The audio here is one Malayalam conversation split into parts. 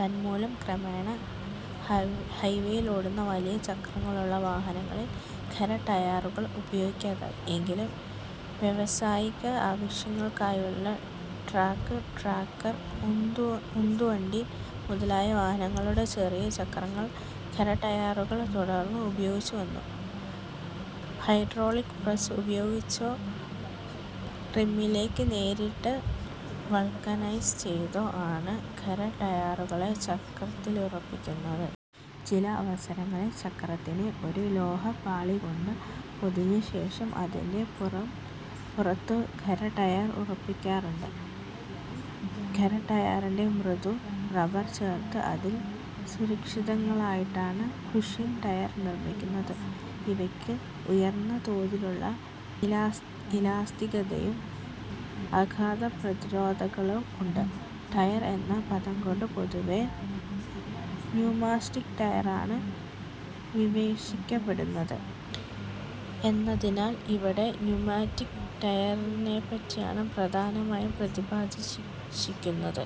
തന്മൂലം ക്രമേണ ഹൈവേയിലോടുന്ന വലിയ ചക്രങ്ങളുള്ള വാഹനങ്ങളിൽ ഖര ടയറുകൾ ഉപയോഗിക്കാതെയായി. എങ്കിലും വ്യാവസായികാവശ്യങ്ങൾക്കായുള്ള ട്രക്ക്, ട്രാക്ക്റ്റർ, ഉന്തുവണ്ടി മുതലായ വാഹനങ്ങളുടെ ചെറിയ ചക്രങ്ങളിൽ ഖര ടയറുകൾ തുടർന്നും ഉപയോഗിച്ചു വന്നു. ഹൈഡ്രോളിക് പ്രസ്സ് ഉപയോഗിച്ചോ റിമ്മിലേക്ക് നേരിട്ട് വൾക്കനൈസ് ചെയ്തോ ആണ് ഖര ടയറുകളെ ചക്രത്തിലുറപ്പിക്കുന്നത്. ചില അവസരങ്ങളിൽ ചക്രത്തിനെ ഒരു ലോഹ പാളി കൊണ്ട് പൊതിഞ്ഞശേഷം അതിന്റെ പുറത്തും ഖര ടയർ ഉറപ്പിക്കാറുണ്ട്. ഖര ടയറിൽ മൃദു റബർ ചേർത്ത് അതിൽ സുഷിരങ്ങളിട്ടാണ് കുഷൻ ടയർ നിർമ്മിക്കുന്നത്. ഇവയ്ക്ക് ഉയർന്ന തോതിലുള്ള ഇലാസ്തികതയും ആഘാത പ്രതിരോധകതയും ഉണ്ട്. ടയർ എന്ന പദംകൊണ്ട് പൊതുവേ ന്യൂമാറ്റിക് ടയറാണ് വിവക്ഷിക്കപ്പെടുന്നത് എന്നതിനാൽ ഇവിടെ ന്യൂമാറ്റിക് ടയറിനെപ്പറ്റിയാണ് പ്രധാനമായും പ്രതിപാദിച്ചിരിക്കുന്നത്.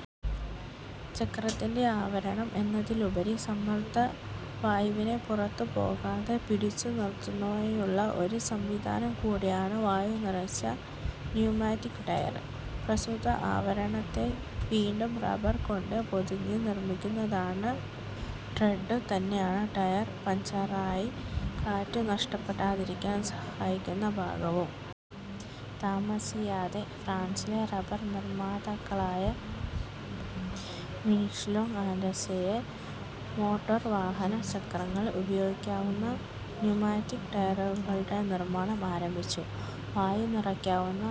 ചക്രത്തിന്റെ ആവരണം എന്നതിലുപരി സമ്മർദ്ദിത വായുവിനെ പുറത്തു പോകാതെ പിടിച്ചു നിറുത്തുവാനുള്ള ഒരു സംവിധാനം കൂടിയാണ് വായു നിറച്ച ന്യൂമാറ്റിക് ടയർ. പ്രസ്തുത ആവരണത്തെ വീണ്ടും റബർ കൊണ്ട് പൊതിഞ്ഞ് നിർമ്മിക്കുന്നതാണ് ട്രെഡ്ഡ്. റോഡുമായി സമ്പർക്കത്തിൽ ഏർപ്പെടുന്ന ടയറിന്റെ ട്രെഡ്ഡു തന്നെയാണ് ടയർ പഞ്ചറായി കാറ്റു നഷ്ടപ്പെടാതിരിക്കാൻ സഹായിക്കുന്ന ഭാഗവും. താമസിയാതെ ഫ്രാൻസിലെ റബർ നിർമ്മാതാക്കളായ മീഷ്ലേങ് ആൻഡ് സ് യെ മോട്ടോർ വാഹന ചക്രങ്ങളിൽ ഉപയോഗിക്കാവുന്ന ന്യൂമാറ്റിക് ടയറുകളുടെ നിർമ്മാണം ആരംഭിച്ചു. വായു നിറയ്ക്കാവുന്ന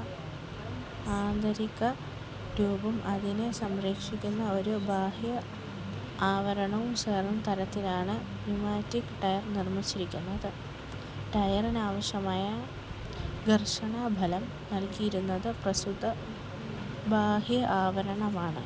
ആന്തരിക ട്യൂബും അതിനെ സംരക്ഷിക്കുന്ന ഒരു ബാഹ്യ ആവരണവും ചേർന്ന തരത്തിലാണ് ന്യുമാറ്റിക് ടയർ നിർമിച്ചിരുന്നത്. ടയറിനാവശ്യമായ ഘർഷണ ബലം നൽകിയിരുന്നത് പ്രസ്തുത ബാഹ്യ ആവരണമാണ്.